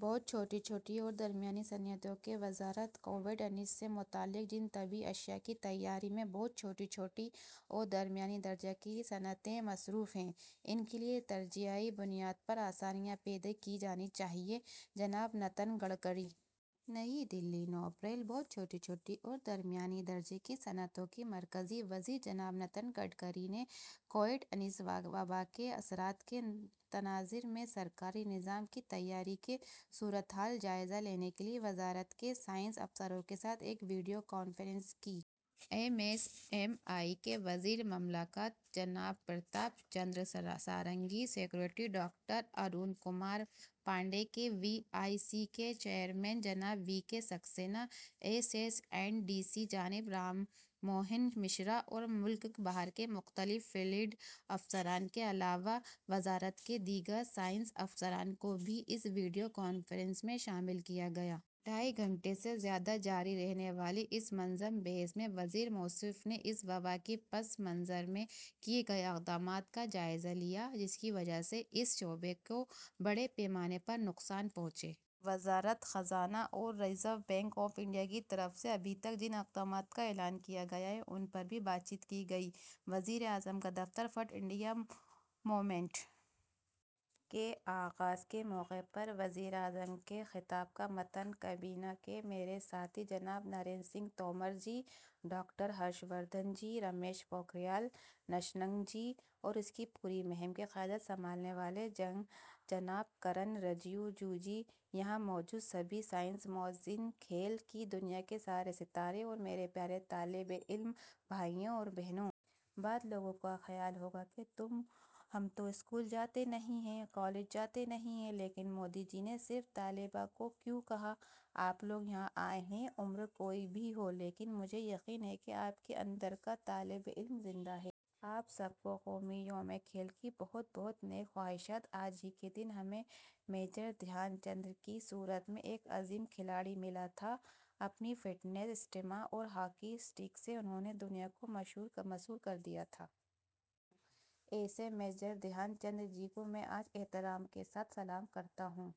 بہت چھوٹی، چھوٹی اور درمیانی صنعتوں کی وزارت کووڈ انیس سے متعلق جن طبی اشیا کی تیاری میں بہت چھوٹی، چھوٹی اور درمیانے درجے کی صنعتیں مصروف ہیں، ان کے لیے ترجیحی بنیاد پر آسانیاں پیدا کی جانی چاہییں، جناب نتن گڈکری۔ نئی دہلی، نو اپریل: بہت چھوٹی، چھوٹی اور درمیانے درجے کی صنعتوں کے مرکزی وزیر جناب نتن گڈکری نے کووڈ انیس وبا کے اثرات کے تناظر میں سرکاری نظام کی تیاری کی صورتحال کا جائزہ لینے کے لیے وزارت کے سینئر افسران کے ساتھ ایک ویڈیو کانفرنس کی۔ ایم ایس ایم ای کے وزیر مملکت جناب Pratap Chandra Sarangi, secretary doctor Arun Kumar Panda, K V I C کے چیئرمین جناب V K Saxena, S S and D C جناب رام موہن مشرا اور ملک بھر کے مختلف فیلڈ افسران کے علاوہ وزارت کے دیگر سینئر افسران کو بھی اس ویڈیو کانفرنس میں شامل کیا گیا۔ ڈھائی گھنٹے سے زیادہ جاری رہنے والی اس منظم بحث میں وزیر موصوف نے اس وبا کے پس منظر میں کیے گئے اقدامات کا جائزہ لیا، جس کی وجہ سے اس شعبے کو بڑے پیمانے پر نقصان پہنچا ہے۔ وزارت خزانہ اور ریزرو بینک آف انڈیا کی طرف سے ابھی تک جن اقدامات کا اعلان کیا گیا ہے، ان پر بھی بات چیت کی گئی۔ وزیر اعظم کا دفتر فٹ انڈیا موومنٹ کے آغاز کے موقع پر وزیر اعظم کے خطاب کا متن کابینہ کے میرے ساتھی جناب نریندر سنگھ تومر جی، ڈاکٹر ہرش وردھن جی، رمیش پوکھریال نشنک جی اور اس پوری مہم کی قیادت سنبھالنے والے جناب کرن رجیجو جی، یہاں موجود سبھی سینئر معززین، کھیل کی دنیا کے سارے ستارے اور میرے پیارے طالب علم بھائیو اور بہنو۔ بعض لوگوں کا خیال ہوگا کہ ہم تو اسکول جاتے نہیں ہیں، کالج جاتے نہیں ہیں، لیکن مودی جی نے صرف طلبہ کو کیوں کہا؟ آپ لوگ یہاں آئے ہیں، عمر کوئی بھی ہو، لیکن مجھے یقین ہے کہ آپ کے اندر کا طالب علم زندہ ہے۔ آپ سب کو قومی یوم کھیل کی بہت بہت نیک خواہشات۔ آج ہی کے دن ہمیں میجر دھیان چند کی صورت میں ایک عظیم کھلاڑی ملا تھا۔ اپنی فٹنس، اسٹیمنا اور ہاکی اسٹک سے انہوں نے دنیا کو مسحور کر دیا تھا۔ ایسے میجر دھیان چند جی کو میں آج احترام کے ساتھ سلام کرتا ہوں۔